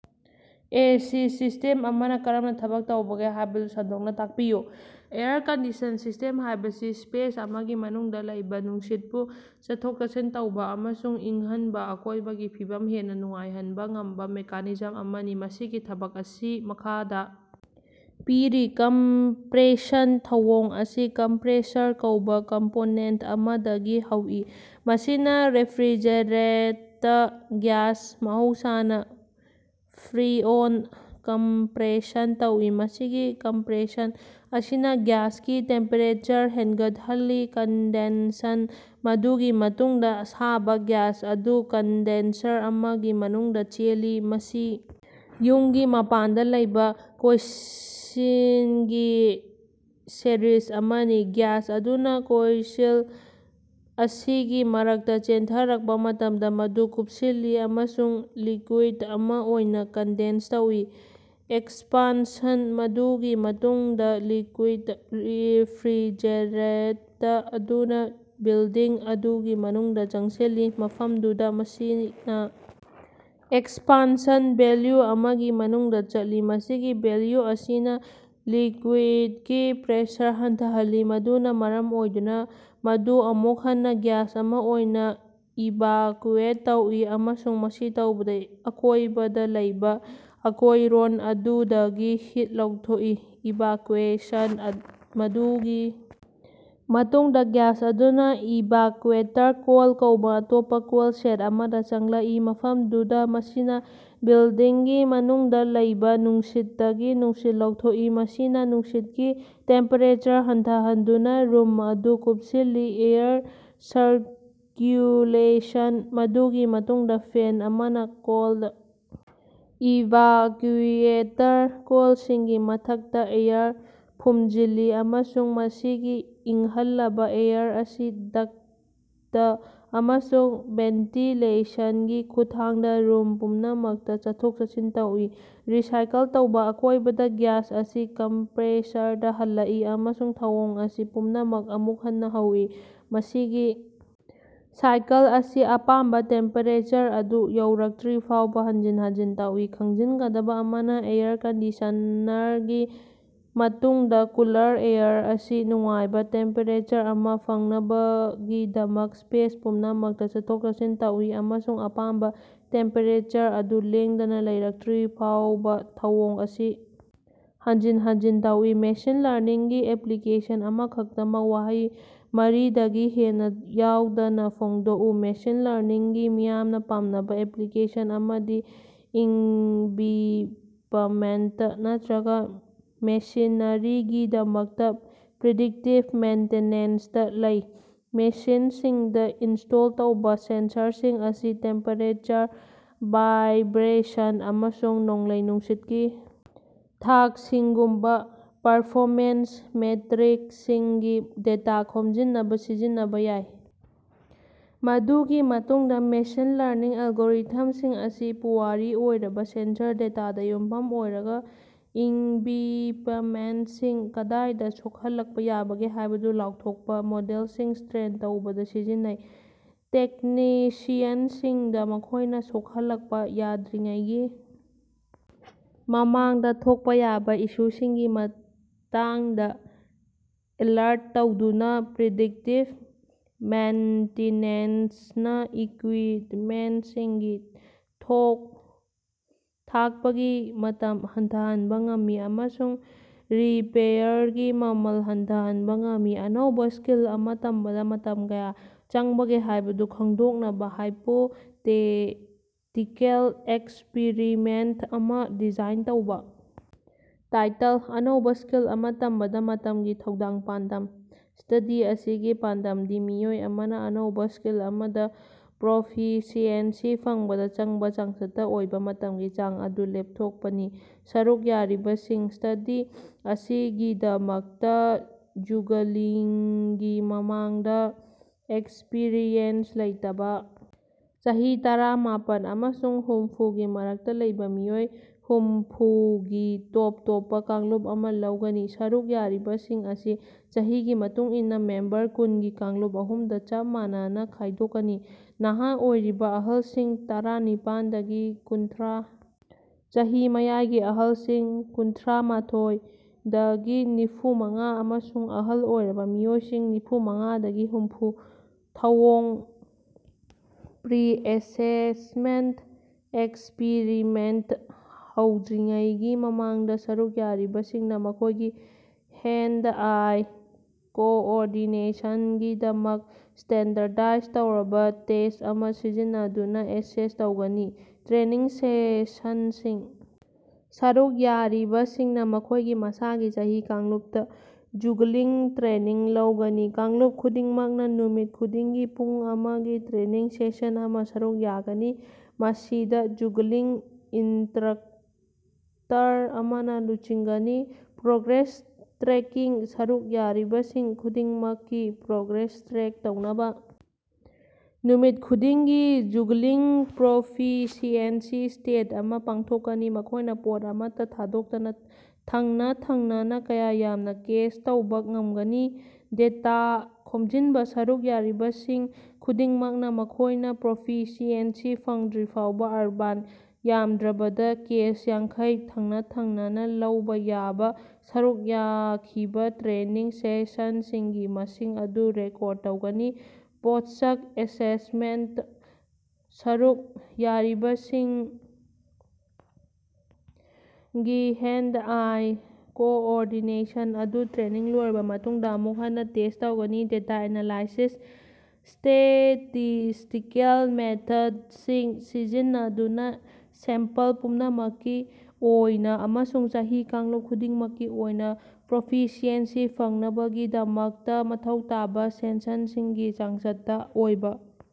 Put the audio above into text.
AC system ꯑꯃꯅ ꯀꯔꯝꯅ ꯊꯕꯛ ꯇꯧꯕꯒꯦ ꯍꯥꯏꯕꯗꯨ ꯁꯟꯗꯣꯛꯅ ꯇꯥꯛꯄꯤꯌꯨ꯫ ꯑꯦꯌꯔ ꯀꯟꯗꯤꯁꯟ ꯁꯤꯁ꯭ꯇꯦꯝ ꯍꯥꯏꯕꯁꯤ ꯁ꯭ꯄꯦꯁ ꯑꯃꯒꯤ ꯃꯅꯨꯡꯗ ꯂꯩꯕ ꯅꯨꯡꯁꯤꯠꯄꯨ ꯆꯠꯊꯣꯛ-ꯆꯠꯁꯤꯟ ꯇꯧꯕ ꯑꯃꯁꯨꯡ ꯏꯪꯍꯟꯕ, ꯑꯀꯣꯏꯕꯒꯤ ꯐꯤꯕꯝ ꯍꯦꯟꯅ ꯅꯨꯡꯉꯥꯏꯍꯟꯕ ꯉꯝꯕ ꯃꯦꯀꯥꯅꯤꯖꯝ ꯑꯃꯅꯤ꯫ ꯃꯁꯤꯒꯤ ꯊꯕꯛ ꯑꯁꯤ ꯃꯈꯥꯗ ꯄꯤꯔꯤ ꯀꯝꯄ꯭ꯔꯦꯁꯟ ꯊꯧꯑꯣꯡ ꯑꯁꯤ ꯀꯝꯄ꯭ꯔꯦꯁꯔ ꯀꯧꯕ ꯀꯝꯄꯣꯅꯦꯟꯇ ꯑꯃꯗꯒꯤ ꯍꯧꯏ꯫ ꯃꯁꯤꯅ ꯔꯦꯐ꯭ꯔꯤꯖꯔꯦꯟꯇ ꯒ꯭ꯌꯥꯁ (ꯃꯍꯧꯁꯥꯅ ꯐ꯭ꯔꯤꯑꯣꯟ) ꯀꯝꯄ꯭ꯔꯦꯁꯟ ꯇꯧꯏ꯫ ꯃꯁꯤꯒꯤ ꯀꯝꯄ꯭ꯔꯦꯁꯟ ꯑꯁꯤꯅ ꯒ꯭ꯌꯥꯁꯀꯤ ꯇꯦꯝꯄꯦꯔꯦꯆꯔ ꯍꯦꯟꯒꯠꯍꯜꯂꯤ꯫ ꯀꯟꯗꯦꯟꯁꯟ ꯃꯗꯨꯒꯤ ꯃꯇꯨꯡꯗ ꯑꯁꯥꯕ ꯒ꯭ꯌꯥꯁ ꯑꯗꯨ ꯀꯟꯗꯦꯟꯁꯔ ꯑꯃꯒꯤ ꯃꯅꯨꯡꯗ ꯆꯦꯜꯂꯤ꯫ ꯃꯁꯤ ꯌꯨꯝꯒꯤ ꯃꯄꯥꯟꯗ ꯂꯩꯕ ꯀꯣꯏꯜꯁꯤꯡꯒꯤ ꯁꯦꯔꯤꯖ ꯑꯃꯅꯤ꯫ ꯒ꯭ꯌꯥꯁ ꯑꯗꯨꯅ ꯀꯣꯏꯜꯁꯤꯡ ꯑꯁꯤꯒꯤ ꯃꯔꯛꯇ ꯆꯦꯟꯊꯔꯛꯄ ꯃꯇꯝꯗ ꯃꯗꯨ ꯀꯨꯞꯁꯤꯜꯂꯤ ꯑꯃꯁꯨꯡ ꯂꯤꯀꯨꯏꯗ ꯑꯃ ꯑꯣꯏꯅ ꯀꯟꯗꯦꯟꯁ ꯇꯧꯏ꯫ ꯑꯦꯛꯁꯄꯥꯟꯁꯟ: ꯃꯗꯨꯒꯤ ꯃꯇꯨꯡꯗ ꯂꯤꯀꯨꯏꯗ ꯔꯦꯐ꯭ꯔꯤꯖꯔꯦꯟꯇ ꯑꯗꯨꯅ ꯕꯤꯜꯗꯤꯡ ꯑꯗꯨꯒꯤ ꯃꯅꯨꯡꯗ ꯆꯪꯁꯤꯜꯂꯤ꯫ ꯃꯐꯝꯗꯨꯗ ꯃꯁꯤꯅ ꯑꯦꯛꯁꯄꯥꯟꯁꯟ ꯚꯦꯜꯂ꯭ꯌꯨ ꯑꯃꯒꯤ ꯃꯅꯨꯡꯗ ꯆꯠꯂꯤ꯫ ꯃꯁꯤꯒꯤ ꯚꯦꯜꯂ꯭ꯌꯨ ꯑꯁꯤꯅ ꯂꯤꯀꯨꯏꯗꯀꯤ ꯄ꯭ꯔꯦꯁꯔ ꯍꯟꯊꯍꯜꯂꯤ꯫ ꯃꯗꯨꯅ ꯃꯔꯝ ꯑꯣꯏꯗꯨꯅ ꯃꯗꯨ ꯑꯃꯨꯛ ꯍꯟꯅ ꯒ꯭ꯌꯥꯁ ꯑꯃ ꯑꯣꯏꯅ ꯏꯚꯥꯀ꯭ꯌꯨꯑꯦꯠ ꯇꯧꯏ ꯑꯃꯁꯨꯡ ꯃꯁꯤ ꯇꯧꯕꯗ ꯑꯀꯣꯏꯕꯗ ꯂꯩꯕ ꯑꯀꯣꯏꯔꯣꯟ ꯑꯗꯨꯗꯒꯤ ꯍꯤꯠ ꯂꯧꯊꯣꯛꯏ꯫ ꯏꯚꯥꯀ꯭ꯌꯨꯑꯦꯁꯟ: ꯃꯗꯨꯒꯤ ꯃꯇꯨꯡꯗ ꯒ꯭ꯌꯥꯁ ꯑꯗꯨꯅ꯭ ꯏꯚꯥꯀ꯭ꯌꯨꯑꯦꯇꯔ ꯀꯣꯏꯜ ꯀꯧꯕ ꯑꯇꯣꯞꯄ ꯀꯣꯏꯜ ꯁꯦꯠ ꯑꯃꯗ ꯆꯪꯂꯛꯏ꯫ ꯃꯐꯝꯗꯨꯗ ꯃꯁꯤꯅ ꯕꯤꯜꯗꯤꯡꯒꯤ ꯃꯅꯨꯡꯗ ꯂꯩꯕ ꯅꯨꯡꯁꯤꯠꯇꯒꯤ ꯅꯨꯡꯁꯤꯠ ꯂꯧꯊꯣꯛꯏ꯫ ꯃꯁꯤꯅ ꯅꯨꯡꯁꯤꯠꯀꯤ ꯇꯦꯝꯄꯦꯔꯦꯆꯔ ꯍꯟꯊꯍꯟꯗꯨꯅ ꯔꯨꯝ ꯑꯗꯨ ꯀꯨꯞꯁꯤꯜꯂꯤ꯫ ꯑꯦꯌꯔ ꯁꯔꯀ꯭ꯌꯨꯂꯦꯁꯟ: ꯃꯗꯨꯒꯤ ꯃꯇꯨꯡꯗ ꯐꯦꯟ ꯑꯃꯅ ꯀꯣꯜꯗ ꯏꯚꯥꯀ꯭ꯌꯨꯑꯦꯇꯔ ꯀꯣꯏꯜꯁꯤꯡꯒꯤ ꯃꯊꯛꯇ ꯑꯦꯌꯔ ꯐꯨꯝꯖꯤꯜꯂꯤ ꯑꯃꯁꯨꯡ ꯃꯁꯤꯒꯤ ꯏꯪꯍꯜꯂꯕ ꯑꯦꯌꯔ ꯑꯁꯤ ꯗꯛꯇ ꯑꯃꯁꯨꯡ ꯚꯦꯟꯇꯤꯂꯦꯁꯟꯒꯤ ꯈꯨꯠꯊꯥꯡꯗ ꯔꯨꯝ ꯄꯨꯝꯅꯃꯛꯇ ꯆꯠꯊꯣꯛ-ꯆꯠꯁꯤꯟ ꯇꯧꯏ꯫ ꯔꯤꯁꯥꯏꯀꯜ ꯇꯧꯕ: ꯑꯔꯣꯏꯕꯗ ꯒ꯭ꯌꯥꯁ ꯑꯁꯤ ꯀꯝꯄ꯭ꯔꯦꯁꯔꯗ ꯍꯜꯂꯛꯏ ꯑꯃꯁꯨꯡ ꯊꯧꯑꯣꯡ ꯑꯁꯤ ꯄꯨꯝꯅꯃꯛ ꯑꯃꯨꯛ ꯍꯟꯅ ꯍꯧꯏ꯫ ꯃꯁꯤꯒꯤ ꯁꯥꯏꯀꯜ ꯑꯁꯤ ꯑꯄꯥꯝꯕ ꯇꯦꯝꯄꯦꯔꯦꯆꯔ ꯑꯗꯨ ꯌꯧꯔꯛꯇ꯭ꯔꯤꯐꯥꯎꯕ ꯍꯟꯖꯤꯟ -ꯍꯟꯖꯤꯟ ꯇꯧꯏ꯫ ꯈꯪꯖꯤꯟꯒꯗꯕ ꯑꯃꯅ, ꯑꯦꯌꯔ ꯀꯟꯗꯤꯁꯟꯅꯔꯒꯤ ꯃꯇꯨꯡꯗ ꯀꯨꯂꯔ ꯑꯦꯌꯔ ꯑꯁꯤ ꯅꯨꯡꯉꯥꯏꯕ ꯇꯦꯝꯄꯦꯔꯦꯆꯔ ꯑꯃ ꯐꯪꯅꯕꯒꯤꯗꯃꯛ ꯁ꯭ꯄꯦꯁ ꯄꯨꯝꯅꯃꯛꯇ ꯆꯠꯊꯣꯛ-ꯆꯠꯁꯤꯟ ꯇꯧꯏ ꯑꯃꯁꯨꯡ ꯑꯄꯥꯝꯕ ꯇꯦꯝꯄꯦꯔꯦꯆꯔ ꯑꯗꯨ ꯂꯦꯡꯗꯅ ꯂꯩꯔꯛꯇ꯭ꯔꯤꯐꯥꯎꯕ ꯊꯧꯑꯣꯡ ꯑꯁꯤ ꯍꯟꯖꯤꯟ -ꯍꯟꯖꯤꯟ ꯇꯧꯏ꯫ ꯃꯦꯁꯤꯟ ꯂꯔꯅꯤꯡꯒꯤ ꯑꯦꯞꯂꯤꯀꯦꯁꯟ ꯑꯃꯈꯛꯇꯃꯛ ꯋꯥꯍꯩ ꯃꯔꯤꯗꯒꯤ ꯍꯦꯟꯅ ꯌꯥꯎꯗꯅ ꯐꯣꯡꯗꯣꯛꯎ꯫ ꯃꯦꯁꯤꯟ ꯂꯔꯅꯤꯡꯒꯤ ꯃꯤꯌꯥꯝꯅ ꯄꯥꯝꯅꯕ ꯑꯦꯄ꯭ꯂꯤꯀꯦꯁꯟ ꯑꯃꯗꯤ ꯏꯛꯕꯤꯄꯃꯦꯟꯇ ꯅꯠꯇ꯭ꯔꯒ ꯃꯦꯁꯤꯅꯔꯤꯒꯤꯗꯃꯛꯇ ꯄ꯭ꯔꯤꯗꯤꯛꯇꯤꯚ ꯃꯦꯟꯇꯦꯅꯦꯟꯁꯇ ꯂꯩ꯫ ꯃꯦꯁꯤꯟꯁꯤꯡꯗ ꯏꯟꯁ꯭ꯇꯣꯜ ꯇꯧꯕ ꯁꯦꯟꯁꯔꯁꯤꯡ ꯑꯁꯤ ꯇꯦꯝꯄꯦꯔꯦꯆꯔ, ꯚꯥꯏꯕ꯭ꯔꯦꯁꯟ ꯑꯃꯁꯨꯡ ꯅꯣꯡꯂꯩ-ꯅꯨꯡꯁꯤꯠꯀꯤ ꯊꯥꯛꯁꯤꯡꯒꯨꯝꯕ ꯄꯔꯐꯣꯃꯦꯟꯁ ꯃꯦꯇ꯭ꯔꯤꯛꯁꯤꯡꯒꯤ ꯗꯦꯇꯥ ꯈꯣꯝꯖꯤꯟꯅꯕ ꯁꯤꯖꯤꯟꯅꯕ ꯌꯥꯏ꯫ ꯃꯗꯨꯒꯤ ꯃꯇꯨꯡꯗ ꯃꯦꯁꯤꯟ ꯂꯔꯅꯤꯡ ꯑꯜꯒꯣꯔꯤꯊꯝꯁꯤꯡ ꯑꯁꯤ ꯄꯨꯋꯥꯔꯤ ꯑꯣꯏꯔꯕ ꯁꯦꯟꯁꯔ ꯗꯦꯇꯥꯗ ꯌꯨꯝꯐꯝ ꯑꯣꯏꯔꯒ ꯏꯛꯕꯤꯄꯃꯦꯟꯇꯁꯤꯡ ꯀꯗꯥꯏꯗ ꯁꯣꯛꯍꯜꯂꯛꯄ ꯌꯥꯕꯒꯦ ꯍꯥꯏꯕꯗꯨ ꯂꯥꯎꯊꯣꯛꯄ ꯃꯣꯗꯦꯜꯁꯤꯡ ꯇ꯭ꯔꯦꯟ ꯇꯧꯕꯗ ꯁꯤꯖꯤꯟꯅꯩ꯫ ꯇꯦꯛꯅꯤꯁꯤꯌꯟꯁꯤꯡꯗ ꯃꯈꯣꯏꯅ ꯁꯣꯛꯍꯜꯂꯛꯄ ꯌꯥꯗ꯭ꯔꯤꯉꯩꯒꯤ ꯃꯃꯥꯡꯗ ꯊꯣꯛꯄ ꯌꯥꯕ ꯏꯁꯨꯁꯤꯡꯒꯤ ꯃꯇꯥꯡꯗ ꯑꯦꯂꯔꯠ ꯇꯧꯗꯨꯅ ꯄ꯭ꯔꯤꯗꯤꯛꯇꯤꯚ ꯃꯦꯟꯇꯤꯅꯦꯟꯁꯅ ꯏꯀ꯭ꯌꯨꯏꯞꯃꯦꯟꯇꯁꯤꯡꯒꯤ ꯊꯣꯡ-ꯊꯥꯛꯄꯒꯤ ꯃꯇꯝ ꯍꯟꯊꯍꯟꯕ ꯉꯝꯃꯤ ꯑꯃꯁꯨꯡ ꯔꯤꯄꯦꯌꯔꯒꯤ ꯃꯃꯜ ꯍꯟꯊꯍꯟꯕ ꯉꯝꯃꯤ꯫ ꯑꯅꯧꯕ ꯁ꯭ꯀꯤꯜ ꯑꯃ ꯇꯝꯕꯗ ꯃꯇꯝ ꯀꯌꯥ ꯆꯪꯕꯒꯦ ꯍꯥꯏꯕꯗꯨ ꯈꯪꯗꯣꯛꯅꯕ ꯍꯥꯏꯄꯣꯊꯦꯇꯤꯀꯜ ꯑꯦꯛꯁꯄꯤꯔꯤꯃꯦꯟꯇ ꯑꯃ ꯗꯤꯖꯥꯏꯟ ꯇꯧꯕ- ꯇꯥꯏꯇꯜ ꯑꯅꯧꯕ ꯁ꯭ꯀꯤꯜ ꯑꯃ ꯇꯝꯕꯗ ꯃꯇꯝꯒꯤ ꯊꯧꯗꯥꯡ ꯄꯥꯟꯗꯝ: ꯁ꯭ꯇꯗꯤ ꯑꯁꯤꯒꯤ ꯄꯥꯟꯗꯝꯗꯤ ꯃꯤꯑꯣꯏ ꯑꯃꯅ ꯑꯅꯧꯕ ꯁ꯭ꯀꯤꯜ ꯑꯃꯗ ꯄ꯭ꯔꯣꯐꯤꯁꯤꯑꯦꯟꯁꯤ ꯐꯪꯕꯗ ꯆꯪꯕ ꯆꯥꯡꯆꯠꯇ ꯑꯣꯏꯕ ꯃꯇꯝꯒꯤ ꯆꯥꯡ ꯑꯗꯨ ꯂꯦꯞꯊꯣꯛꯄꯅꯤ꯫ ꯁꯔꯨꯛ ꯌꯥꯔꯤꯕꯁꯤꯡ: ꯁ꯭ꯇꯗꯤ ꯑꯁꯤꯒꯤꯗꯃꯛꯇ ꯖꯨꯒꯂꯤꯡꯒꯤ ꯃꯃꯥꯡꯗ ꯑꯦꯛꯁꯄꯤꯔꯤꯌꯦꯟꯁ ꯂꯩꯇꯕ ꯆꯍꯤ ꯇꯔꯥ ꯃꯥꯄꯟ ꯑꯃꯁꯨꯡ ꯍꯨꯝꯐꯨꯒꯤ ꯃꯔꯛꯇ ꯂꯩꯕ ꯃꯤꯑꯣꯏ ꯍꯨꯝꯐꯨꯒꯤ ꯇꯣꯞ -ꯇꯣꯞꯄ ꯀꯥꯡꯂꯨꯞ ꯑꯃ ꯂꯧꯒꯅꯤ꯫ ꯁꯔꯨꯛ ꯌꯥꯔꯤꯕꯁꯤꯡ ꯑꯁꯤ ꯆꯍꯤꯒꯤ ꯃꯇꯨꯡ ꯏꯟꯅ ꯃꯦꯝꯕꯔ ꯀꯨꯟꯒꯤ ꯀꯥꯡꯂꯨꯞ ꯑꯍꯨꯝꯗ ꯆꯞ ꯃꯥꯟꯅꯅ ꯈꯥꯏꯗꯣꯛꯀꯅꯤ꯫ ꯅꯍꯥ ꯑꯣꯏꯔꯤꯕ ꯑꯍꯜꯁꯤꯡ (ꯇꯔꯥ ꯅꯤꯄꯥꯟꯗꯒꯤ ꯀꯨꯟꯊ꯭ꯔꯥ), ꯆꯍꯤ ꯃꯌꯥꯏꯒꯤ ꯑꯍꯜꯁꯤꯡ (ꯀꯨꯟꯊ꯭ꯔꯥ ꯃꯊꯣꯏꯗꯒꯤ ꯅꯤꯐꯨ ꯃꯉꯥ), ꯑꯃꯁꯨꯡ ꯑꯍꯜ ꯑꯣꯏꯔꯕ ꯃꯤꯑꯣꯏꯁꯤꯡ (ꯅꯤꯐꯨ ꯃꯉꯥꯗꯒꯤ ꯍꯨꯝꯐꯨ)꯫ ꯊꯧꯑꯣꯡ ꯄ꯭ꯔꯤ-ꯑꯦꯁꯦꯁꯃꯦꯟꯇ ꯑꯦꯛꯁꯄꯤꯔꯤꯃꯦꯟꯇ ꯍꯧꯗ꯭ꯔꯤꯉꯩꯒꯤ ꯃꯃꯥꯡꯗ ꯁꯔꯨꯛ ꯌꯥꯔꯤꯕꯁꯤꯡꯅ ꯃꯈꯣꯏꯒꯤ ꯍꯦꯟꯗ-ꯑꯥꯏ ꯀꯣꯑꯣꯔꯗꯤꯅꯦꯁꯟꯒꯤꯗꯃꯛ ꯁ꯭ꯇꯦꯟꯗꯔꯗꯥꯏꯖ ꯇꯧꯔꯕ ꯇꯦꯁ꯭ꯠ ꯑꯃ ꯁꯤꯖꯤꯟꯅꯗꯨꯅ ꯑꯦꯁꯦꯁ ꯇꯧꯒꯅꯤ꯫ ꯇ꯭ꯔꯦꯅꯤꯡ ꯁꯦꯁꯟꯁꯤꯡ ꯁꯔꯨꯛ ꯌꯥꯔꯤꯕꯁꯤꯡꯅ ꯃꯈꯣꯏꯒꯤ ꯃꯁꯥꯒꯤ ꯆꯍꯤ ꯀꯥꯡꯂꯨꯞꯇ ꯖꯨꯒꯂꯤꯡ ꯇ꯭ꯔꯦꯅꯤꯡ ꯂꯧꯒꯅꯤ꯫ ꯀꯥꯡꯂꯨꯞ ꯈꯨꯗꯤꯡꯃꯛꯅ ꯅꯨꯃꯤꯠ ꯈꯨꯗꯤꯡꯒꯤ ꯄꯨꯡ ꯑꯃꯒꯤ ꯇ꯭ꯔꯦꯅꯤꯡ ꯁꯦꯁꯟ ꯑꯃ ꯁꯔꯨꯛ ꯌꯥꯒꯅꯤ꯫ ꯃꯁꯤꯗ ꯖꯨꯒꯂꯤꯡ ꯏꯟꯁꯇ꯭ꯔꯛꯇꯔ ꯑꯃꯅ ꯂꯨꯆꯤꯡꯒꯅꯤ꯫ ꯄ꯭ꯔꯣꯒ꯭ꯔꯦꯁ ꯇ꯭ꯔꯦꯀꯤꯡ: ꯁꯔꯨꯛ ꯌꯥꯔꯤꯕꯁꯤꯡ ꯈꯨꯗꯤꯡꯃꯛꯀꯤ ꯄ꯭ꯔꯣꯒ꯭ꯔꯦꯁ ꯇ꯭ꯔꯦꯛ ꯇꯧꯅꯕ ꯅꯨꯃꯤꯠ ꯈꯨꯗꯤꯡꯒꯤ ꯖꯨꯒꯂꯤꯡ ꯄ꯭ꯔꯣꯐꯤꯁꯤꯑꯦꯟꯁꯤ ꯇꯦꯁ꯭ꯠ ꯑꯃ ꯄꯥꯡꯊꯣꯛꯀꯅꯤ꯫ ꯃꯈꯣꯏꯅ ꯄꯣꯠ ꯑꯃꯠꯇ ꯊꯥꯗꯣꯛꯇꯅ ꯊꯪꯅ-ꯊꯪꯅꯅ ꯀꯌꯥ ꯌꯥꯝꯅ ꯀꯦꯆ ꯇꯧꯕ ꯉꯝꯒꯅꯤ꯫ ꯗꯦꯇꯥ ꯈꯣꯝꯖꯤꯟꯕ ꯁꯔꯨꯛ ꯌꯥꯔꯤꯕꯁꯤꯡ ꯈꯨꯗꯤꯡꯃꯛꯅ ꯃꯈꯣꯏꯅ ꯄ꯭ꯔꯣꯐꯤꯁꯤꯑꯦꯟꯁꯤ ꯐꯪꯗ꯭ꯔꯤꯐꯥꯎꯕ (ꯑꯔꯕꯥꯟ, ꯌꯥꯝꯗ꯭ꯔꯕꯗ ꯀꯦꯆ ꯌꯥꯡꯈꯩ ꯊꯪꯅ-ꯊꯪꯅꯅ ꯂꯧꯕ ꯌꯥꯕ) ꯁꯔꯨꯛ ꯌꯥꯈꯤꯕ ꯇ꯭ꯔꯦꯅꯤꯡ ꯁꯦꯁꯟꯁꯤꯡꯒꯤ ꯃꯁꯤꯡ ꯑꯗꯨ ꯔꯦꯀꯣꯔꯗ ꯇꯧꯒꯅꯤ꯫ ꯄꯣꯁ꯭ꯠ-ꯑꯦꯁꯦꯁꯃꯦꯟꯇ: ꯁꯔꯨꯛ ꯌꯥꯔꯤꯕꯁꯤꯡꯒꯤ ꯍꯦꯟꯗ-ꯑꯥꯏ ꯀꯣꯑꯣꯔꯗꯤꯅꯦꯁꯟ ꯑꯗꯨ ꯇ꯭ꯔꯦꯅꯤꯡ ꯂꯣꯏꯔꯕ ꯃꯇꯨꯡꯗ ꯑꯃꯨꯛ ꯍꯟꯅ ꯇꯦꯁ꯭ꯠ ꯇꯧꯒꯅꯤ꯫ ꯗꯦꯇꯥ ꯑꯦꯅꯂꯥꯏꯁꯤꯁ: ꯁ꯭ꯇꯦꯇꯤꯁ꯭ꯇꯤꯀꯦꯜ ꯃꯦꯊꯗꯁꯤꯡ ꯁꯤꯖꯤꯟꯅꯗꯨꯅ ꯁꯦꯝꯄꯜ ꯄꯨꯝꯅꯃꯛꯀꯤ ꯑꯣꯏꯅ ꯑꯃꯁꯨꯡ ꯆꯍꯤ ꯀꯥꯡꯂꯨꯞ ꯈꯨꯗꯤꯡꯃꯛꯀꯤ ꯑꯣꯏꯅ ꯄ꯭ꯔꯣꯐꯤꯁꯤꯑꯦꯟꯁꯤ ꯐꯪꯅꯕꯒꯤꯗꯃꯛꯇ ꯃꯊꯧ ꯇꯥꯕ ꯁꯦꯁꯟꯁꯤꯡꯒꯤ ꯆꯥꯡꯆꯠꯇ ꯑꯣꯏꯕ